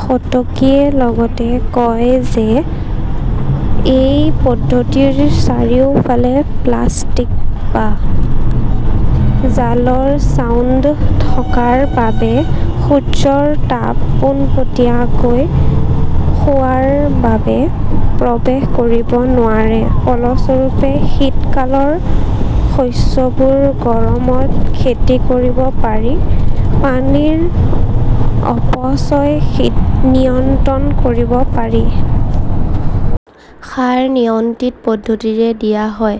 সতকীয়ে লগতে কয় যে এই পদ্ধতিৰ চাৰিওফালে প্লাষ্টিক বা জালৰ ছাউণ্ড থকাৰ বাবে সূৰ্যৰ তাপ পোনপটীয়াকৈ খোৱাৰ বাবে প্ৰৱেশ কৰিব নোৱাৰে। ফলস্বৰূপে, শীতকালৰ শস্যবোৰ গৰমত খেতি কৰিব পাৰি। পানীৰ অপচয় শীত নিয়ন্ত্ৰণ কৰিব পাৰি। সাৰ নিয়ন্ত্ৰিত পদ্ধতিৰে দিয়া হয়।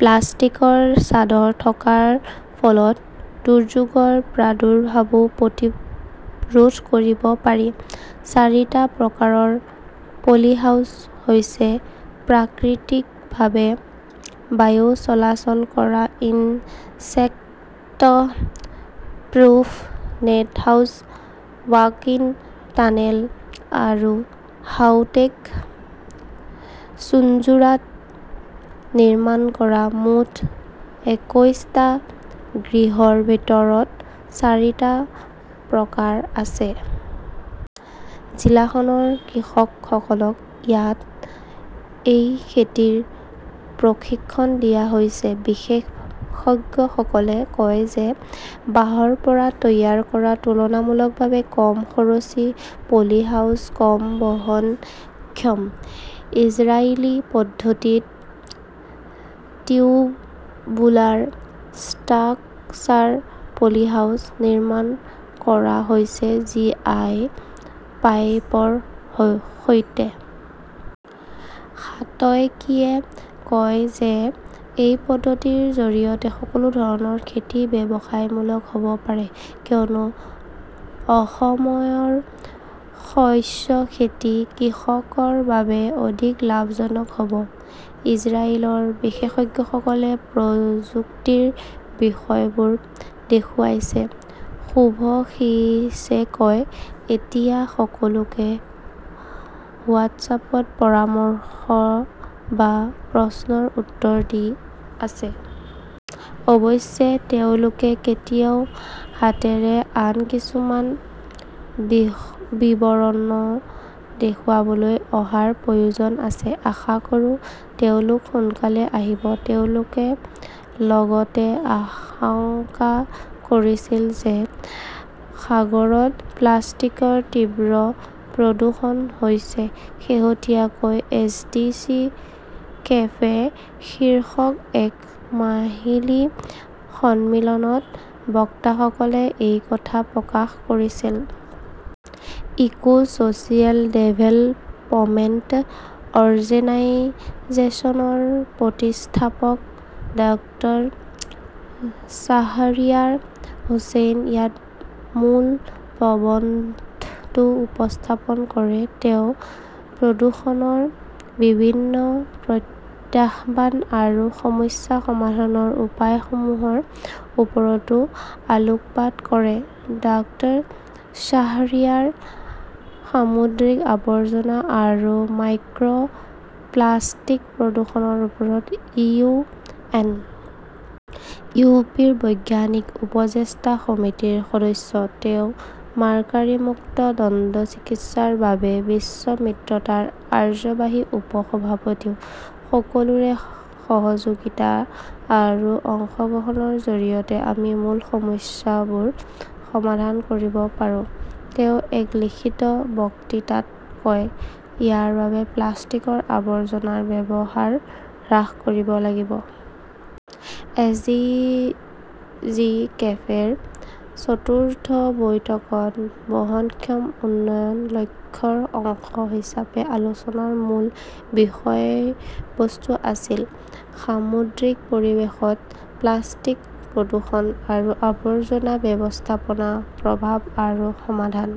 প্লাষ্টিকৰ চাদৰ থকাৰ ফলত দুৰ্যোগৰ প্ৰাদুৰ্ভাৱো প্ৰতিৰোধ কৰিব পাৰি। চাৰিটা প্ৰকাৰৰ পলিহাউছ হৈছে প্ৰাকৃতিকভাৱে বায়ু চলাচল কৰা, insect proof net house, walk in tunnel আৰু হাউটেক। চুঞ্চুৰাত নিৰ্মাণ কৰা মুঠ একৈশটা গৃহৰ ভিতৰত চাৰিটা প্ৰকাৰ আছে। জিলাখনৰ কৃষকসকলক ইয়াত এই খেতিৰ প্ৰশিক্ষণ দিয়া হৈছে। বিশেষজ্ঞসকলে কয় যে বাঁহৰ পৰা তৈয়াৰ কৰা তুলনামূলকভাৱে কম খৰচী পলিহাউছ কম বহনক্ষম। ইজৰাইলী পদ্ধতিত 'টিউবুলাৰ ষ্ট্ৰাকচাৰ পলিহাউছ' নিৰ্মাণ কৰা হৈছে জি. আই. পাইপৰ স-সৈতে। সাতয়কীয়ে কয় যে এই পদ্ধতিৰ জৰিয়তে সকলো ধৰণৰ খেতি ব্যৱসায়মূলক হ'ব পাৰে, কিয়নো অসময়ৰ শস্য খেতি কৃষকৰ বাবে অধিক লাভজনক হ'ব। "ইজৰাইলৰ বিশেষজ্ঞসকলে প্ৰযুক্তিৰ বিষয়বোৰ দেখুৱাইছে", শুভশিছে কয়। এতিয়া সকলোকে হোৱাট্ছআপত পৰামৰ্শ বা প্ৰশ্নৰ উত্তৰ দি আছে। অৱশ্যে, তেওঁলোকে কেতিয়াও হাতেৰে আন কিছুমান বিষ বিৱৰণৰ দেখুৱাবলৈ অহাৰ প্ৰয়োজন আছে। আশা কৰোঁ তেওঁলোক সোনকালেই আহিব। তেওঁলোকে লগতে আশংকা কৰিছিল যে সাগৰত প্লাষ্টিকৰ তীব্ৰ প্ৰদূষণ হৈছে। শেহতীয়াকৈ "এছডিছি কেফে" শীৰ্ষক এক মাহিলী সন্মিলনত বক্তাসকলে এই কথা প্ৰকাশ কৰিছিল। ইকো-ছ'চিয়েল ডেভেলপমেণ্ট অৰ্গেনাইজেশ্যনৰ প্ৰতিষ্ঠাপক ডাঃ শ্বাহৰিয়াৰ হুচেইনে ইয়াত মূল প্ৰবন্ধটো উপস্থাপন কৰে। তেওঁ প্ৰদূষণৰ বিভিন্ন প্ৰত্যাহ্বান আৰু সমস্যা সমাধানৰ উপায়সমূহৰ ওপৰতো আলোকপাত কৰে। ডাঃ শ্বাহৰিয়াৰ সামুদ্ৰিক আৱৰ্জনা আৰু মাইক্ৰ'প্লাষ্টিক প্ৰদূষণৰ ওপৰত ইউ. এন. ইউ. পি. ৰ বৈজ্ঞানিক উপযেষ্টা সমিতিৰ সদস্য। তেওঁ মাৰ্কাৰীমুক্ত দন্তচিকিৎসাৰ বাবে বিশ্ব মিত্ৰতাৰ কাৰ্যবাহী উপ-সভাপতিও। "সকলোৰে সহযোগিতা আৰু অংশগ্ৰহণৰ জৰিয়তে আমি মূল সমস্যাবোৰ সমাধান কৰিব পাৰোঁ", তেওঁ এক লিখিত বক্তৃতাত কয়। ইয়াৰ বাবে প্লাষ্টিকৰ আৱৰ্জনাৰ ব্যৱহাৰ হ্ৰাস কৰিব লাগিব। "এছডিজি কেফে" ৰ চতুৰ্থ বৈঠকত বহনক্ষম উন্নয়ন লক্ষ্যৰ অংশ হিচাপে আলোচনাৰ মূল বিষয়বস্তু আছিল "সামুদ্ৰিক পৰিৱেশত প্লাষ্টিক প্ৰদূষণ আৰু আৱৰ্জনা ব্যৱস্থাপনা প্ৰভাৱ আৰু সমাধান।